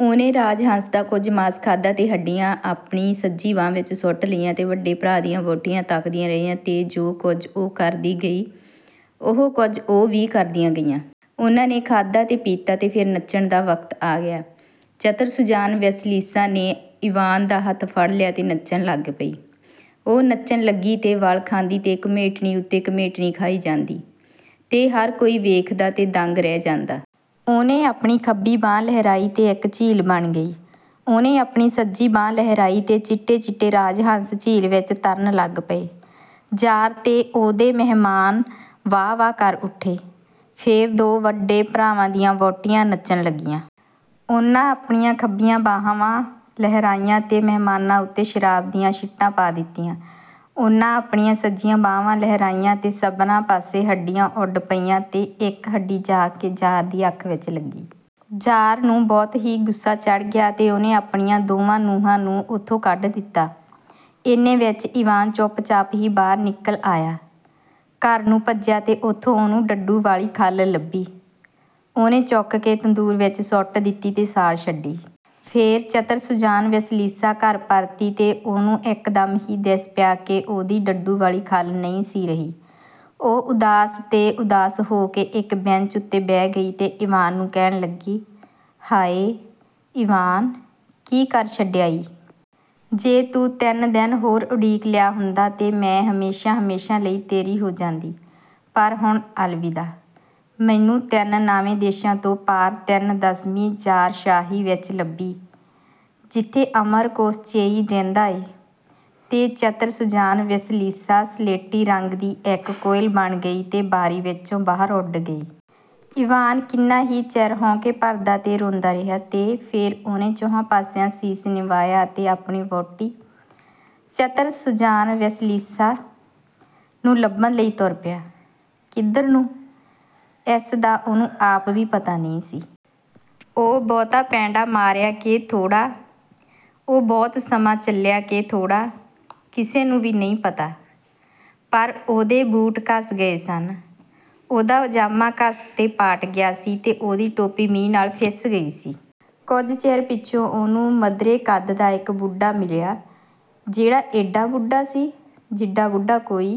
ਉਹਨੇ ਰਾਜ ਹੰਸ ਦਾ ਕੁਝ ਮਾਸ ਖਾਧਾ ਤੇ ਹੱਡੀਆਂ ਆਪਣੀ ਸੱਜੀ ਬਾਂਹ ਵਿੱਚ ਸੁੱਟ ਲਈਆਂ ਤੇ ਵੱਡੇ ਭਰਾਵਾਂ ਦੀਆਂ ਵਹੁਟੀਆਂ ਤੱਕਦੀਆਂ ਰਹੀਆਂ ਤੇ ਜੋ ਕੁਝ ਉਹ ਕਰਦੀ ਗਈ, ਉਹੋ ਕੁਝ ਉਹ ਵੀ ਕਰਦੀਆਂ ਗਈਆਂ। ਉਹਨਾਂ ਨੇ ਖਾਧਾ ਤੇ ਪੀਤਾ ਤੇ ਫੇਰ ਨੱਚਣ ਦਾ ਵਕਤ ਆ ਗਿਆ। ਚਤਰ-ਸੁਜਾਨ ਵਸਿਲੀਸਾ ਨੇ ਈਵਾਨ ਦਾ ਹੱਥ ਫੜ ਲਿਆ ਤੇ ਨੱਚਣ ਲੱਗ ਪਈ। ਉਹ ਨੱਚਣ ਲੱਗੀ ਤੇ ਵਲ ਖਾਂਦੀ ਤੇ ਘੁਮੇਟਣੀ ਉੱਤੇ ਘੁਮੇਟਣੀ ਖਾਈ ਜਾਂਦੀ, ਤੇ ਹਰ ਕੋਈ ਵੇਖਦਾ ਤੇ ਦੰਗ ਰਹਿ ਜਾਂਦਾ। ਉਹਨੇ ਆਪਣੀ ਖੱਬੀ ਬਾਂਹ ਲਹਿਰਾਈ ਤੇ ਇੱਕ ਝੀਲ ਬਣ ਗਈ। ਉਹਨੇ ਆਪਣੀ ਸੱਜੀ ਬਾਂਹ ਲਹਿਰਾਈ ਤੇ ਚਿੱਟੇ-ਚਿੱਟੇ ਰਾਜ ਹੰਸ ਝੀਲ ਵਿੱਚ ਤਰਨ ਲੱਗ ਪਏ। ਜ਼ਾਰ ਤੇ ਉਹਦੇ ਮਹਿਮਾਨ ਵਾਹ-ਵਾਹ ਕਰ ਉੱਠੇ। ਫੇਰ ਦੋ ਵੱਡੇ ਭਰਾਵਾਂ ਦੀਆਂ ਵਹੁਟੀਆਂ ਨੱਚਣ ਲੱਗੀਆਂ। ਉਹਨਾਂ ਆਪਣੀਆਂ ਖੱਬੀਆਂ ਬਾਹਵਾਂ ਲਹਿਰਾਈਆਂ ਤੇ ਮਹਿਮਾਨਾਂ ਉੱਤੇ ਸ਼ਰਾਬ ਦੀਆਂ ਛਿੱਟਾਂ ਪਾ ਦਿੱਤੀਆਂ। ਉਹਨਾਂ ਆਪਣੀਆਂ ਸੱਜੀਆਂ ਬਾਹਵਾਂ ਲਹਿਰਾਈਆਂ ਤੇ ਸਭਨਾਂ ਪਾਸੇ ਹੱਡੀਆਂ ਉੱਡ ਪਈਆਂ ਤੇ ਇੱਕ ਹੱਡੀ ਜਾ ਕੇ ਜ਼ਾਰ ਦੀ ਅੱਖ ਵਿੱਚ ਲੱਗੀ। ਜ਼ਾਰ ਨੂੰ ਬਹੁਤ ਹੀ ਗੁੱਸਾ ਚੜ੍ਹ ਗਿਆ ਤੇ ਉਹਨੇ ਆਪਣੀਆਂ ਦੋਵਾਂ ਨੂੰਹਾਂ ਨੂੰ ਉਥੋਂ ਕੱਢ ਦਿੱਤਾ। ਏਨੇ ਵਿੱਚ ਈਵਾਨ ਚੁੱਪਚਾਪ ਹੀ ਬਾਹਰ ਨਿਕਲ ਆਇਆ, ਘਰ ਨੂੰ ਭੱਜਿਆ ਤੇ ਉਥੋਂ ਉਹਨੂੰ ਡੱਡੂ ਵਾਲੀ ਖੱਲ ਲੱਭੀ, ਉਹਨੇ ਚੁੱਕ ਕੇ ਤੰਦੂਰ ਵਿੱਚ ਸੁੱਟ ਦਿੱਤੀ ਤੇ ਸਾੜ ਛੱਡੀ। ਫੇਰ ਚਤਰ-ਸੁਜਾਨ ਵਸਿਲੀਸਾ ਘਰ ਪਰਤੀ ਤੇ ਉਹਨੂੰ ਇਕਦਮ ਹੀ ਦਿਸ ਪਿਆ ਕਿ ਉਹਦੀ ਡੱਡੂ ਵਾਲੀ ਖੱਲ ਨਹੀਂ ਸੀ ਰਹੀ। ਉਹ ਉਦਾਸ ਤੇ ਉਦਾਸ ਹੋ ਕੇ ਇੱਕ ਬੈਂਚ ਉੱਤੇ ਬਹਿ ਗਈ ਤੇ ਈਵਾਨ ਨੂੰ ਕਹਿਣ ਲੱਗੀ, "ਹਾਇ, ਈਵਾਨ, ਕੀ ਕਰ ਛੱਡਿਆ ਈ? ਜੇ ਤੂੰ ਤਿੰਨ ਦਿਨ ਹੋਰ ਉਡੀਕ ਲਿਆ ਹੁੰਦਾ ਤੇ ਮੈਂ ਹਮੇਸ਼ਾਂ-ਹਮੇਸ਼ਾਂ ਲਈ ਤੇਰੀ ਹੋ ਜਾਂਦੀ। ਪਰ ਹੁਣ ਅਲਵਿਦਾ। ਮੈਨੂੰ ਤਿੰਨ-ਨਾਵੇ ਦੇਸ਼ਾਂ ਤੋਂ ਪਾਰ ਤਿੰਨ-ਦਸਵੀਂ ਜ਼ਾਰਸ਼ਾਹੀ ਵਿੱਚ ਲੱਭੀਂ, ਜਿੱਥੇ ਅਮਰ ਕੋਸ਼ਚੇਈ ਰਹਿੰਦਾ ਏ।" ਤੇ ਚਤਰ-ਸੁਜਾਨ ਵਸਿਲੀਸਾ ਸਲੇਟੀ ਰੰਗ ਦੀ ਇੱਕ ਕੋਇਲ ਬਣ ਗਈ ਤੇ ਬਾਰੀ ਵਿੱਚੋਂ ਬਾਹਰ ਉੱਡ ਗਈ। ਈਵਾਨ ਕਿੰਨਾ ਹੀ ਚਿਰ ਹਉਕੇ ਭਰਦਾ ਤੇ ਰੋਂਦਾ ਰਿਹਾ ਤੇ ਫੇਰ ਉਹਨੇ ਚੌਹਾਂ ਪਾਸਿਆਂ ਸੀਸ ਨਿਵਾਇਆ ਅਤੇ ਆਪਣੀ ਵਹੁਟੀ, ਚਤਰ-ਸੁਜਾਨ ਵਸਿਲੀਸਾ, ਨੂੰ ਲੱਭਣ ਲਈ ਤੁਰ ਪਿਆ। ਕਿੱਧਰ ਨੂੰ? ਇਸ ਦਾ ਉਹਨੂੰ ਆਪ ਵੀ ਪਤਾ ਨਹੀਂ ਸੀ। ਉਹ ਬਹੁਤਾ ਪੈਂਡਾ ਮਾਰਿਆ ਕਿ ਥੋੜ੍ਹਾ, ਉਹ ਬਹੁਤ ਸਮਾਂ ਚੱਲਿਆ ਕਿ ਥੋੜ੍ਹਾ, ਕਿਸੇ ਨੂੰ ਵੀ ਨਹੀਂ ਪਤਾ। ਪਰ ਉਹਦੇ ਬੂਟ ਘਸ ਗਏ ਸਨ, ਉਹਦਾ ਜਾਮਾ ਘਸ ਤੇ ਪਾਟ ਗਿਆ ਸੀ ਅਤੇ ਉਹਦੀ ਟੋਪੀ ਮੀਂਹ ਨਾਲ ਫਿੱਸ ਗਈ ਸੀ। ਕੁਝ ਚਿਰ ਪਿੱਛੋਂ ਉਹਨੂੰ ਮਧਰੇ ਕੱਦ ਦਾ ਇੱਕ ਬੁੱਢਾ ਮਿਲਿਆ, ਜਿਹੜਾ ਏਡਾ ਬੁੱਢਾ ਸੀ, ਜਿੱਡਾ ਬੁੱਢਾ ਕੋਈ